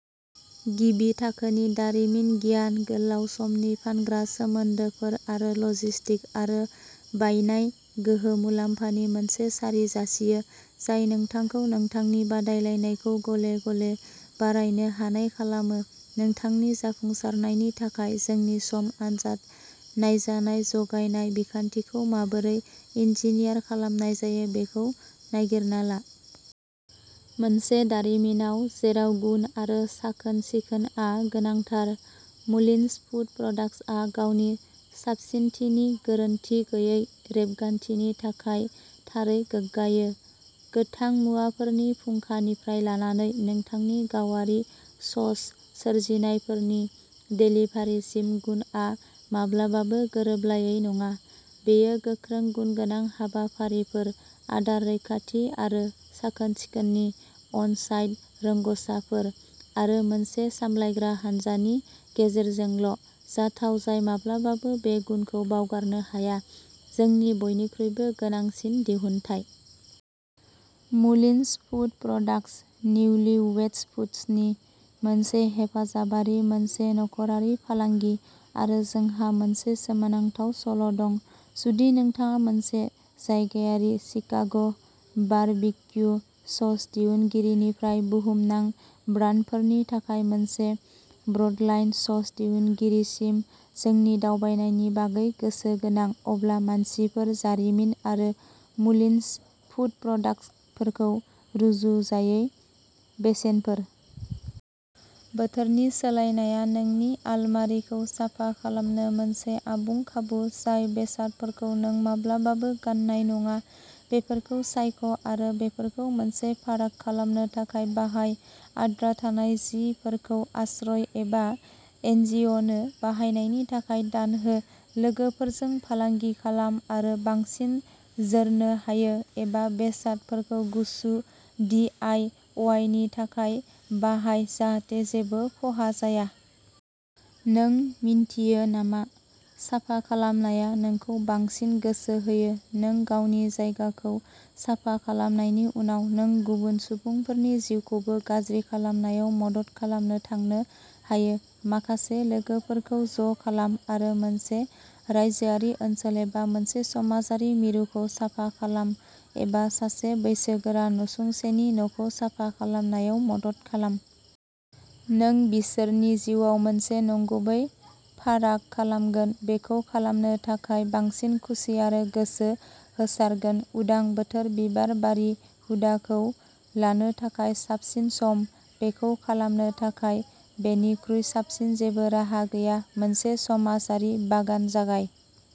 गिबि थाखोनि दारिमिन गियान, गोलाव समनि फानग्रा सोमोन्दोफोर आरो लजिस्टिक आरो बायनाय गोहो मुलाम्फानि मोनसे सारि जासियो जाय नोंथांखौ नोंथांनि बादायलायनायखौ गले-गले बारायनो हानाय खालामो। नोंथांनि जाफुंसारनायनि थाखाय जोंनि सम आनजाद नायजानाय जगायनाय बिखान्थिखौ माबोरै इन्जिनियार खालामनाय जायो बेखौ नागिरना ला। मोनसे दारिमिनाव जेराव गुन आरो साखोन-सिखोनआ गोनांथार, मुलिन्स फुद प्रडाक्टसआ गावनि साबसिनथिनि गोरोनथि गैयै रेबगान्थिनि थाखाय थारै गोग्गायो। गोथां मुवाफोरनि फुंखानिफ्राय लानानै नोंथांनि गावारि सस सोरजिनायफोरनि देलिभारिसिम, गुनआ माब्लाबाबो गोरोबलायै नङा। बेयो गोख्रों गुनगोनां हाबाफारिफोर, आदार रैखाथि आरो साखोन-सिखोननि अन-साइट रोंग'साफोर, आरो मोनसे सामलायग्रा हानजानि गेजेरजोंल' जाथाव जाय माब्लाबाबो बे गुनखौ बावगारनो हाया, जोंनि बयनिख्रुइबो गोनांसिन दिहुनथाय। Mullins food products, Newly Weds फुडसनि मोनसे हेफाजाबारि, मोनसे नखरारि फालांगि, आरो जोंहा मोनसे सोमोनांथाव सल' दं। जुदि नोंथाङा मोनसे जायगायारि शिकाग' बारबिक्यु सस दिहुनगिरिनिफ्राय बुहुमनां ब्रान्डफोरनि थाखाय मोनसे ब्रडलाइन सस दिहुनगिरिसिम जोंनि दावबायनायनि बागै गोसोगोनां, अब्ला मानसिफोर, जारिमिन आरो मुलिनस फुद प्रडाक्टफोरखौ रुजुजायै बेसेनफोर। बोथोरनि सोलायनाया नोंनि आलमारिखौ साफा खालामनो मोनसे आबुं खाबु। जाय बेसादफोरखौ नों माब्लाबाबो गान्नाय नङा बेफोरखौ सायख' आरो बेफोरखौ मोनसे फाराग खालामनो थाखाय बाहाय आद्रा थानाय जिफोरखौ आश्रय एबा एनजिअ'नो बाहायनायनि थाखाय दान हो, लोगोफोरजों फालांगि खालाम आरो बांसिन जोरनो हायो एबा बेसादफोरखौ गुसु दि आइ अवाइ नि थाखाय बाहाय जाहाथे जेबो खहा जाया। नों मिन्थियो नामा साफा खालामनाया नोंखौ बांसिन गोसो होयो नों गावनि जायगाखौ साफा खालामनायनि उनाव, नों गुबुन सुबुंफोरनि जिउखौबो गाज्रि खालामनायाव मदद खालामनो थांनो हायो माखासे लोगोफोरखौ ज' खालाम आरो मोनसे रायजोआरि ओनसोल एबा मोनसे समाजारि मिरुखौ साफा खालाम, एबा सासे बैसोगोरा नसुंसेनि न'खौ साफा खालामनायाव मदद खालाम। नों बिसोरनि जिउआव मोनसे नंगुबै फाराग खालामगोन, बेखौ खालामनो थाखाय बांसिन खुसि आरो गोसो होसारगोन। उदां बोथोर बिबारबारि हुदाखौ लानो थाखाय साबसिन सम बेखौ खालामनो थाखाय बेनिख्रुइ साबसिन जेबो राहा गैया। मोनसे समाजारि बागान जागाय।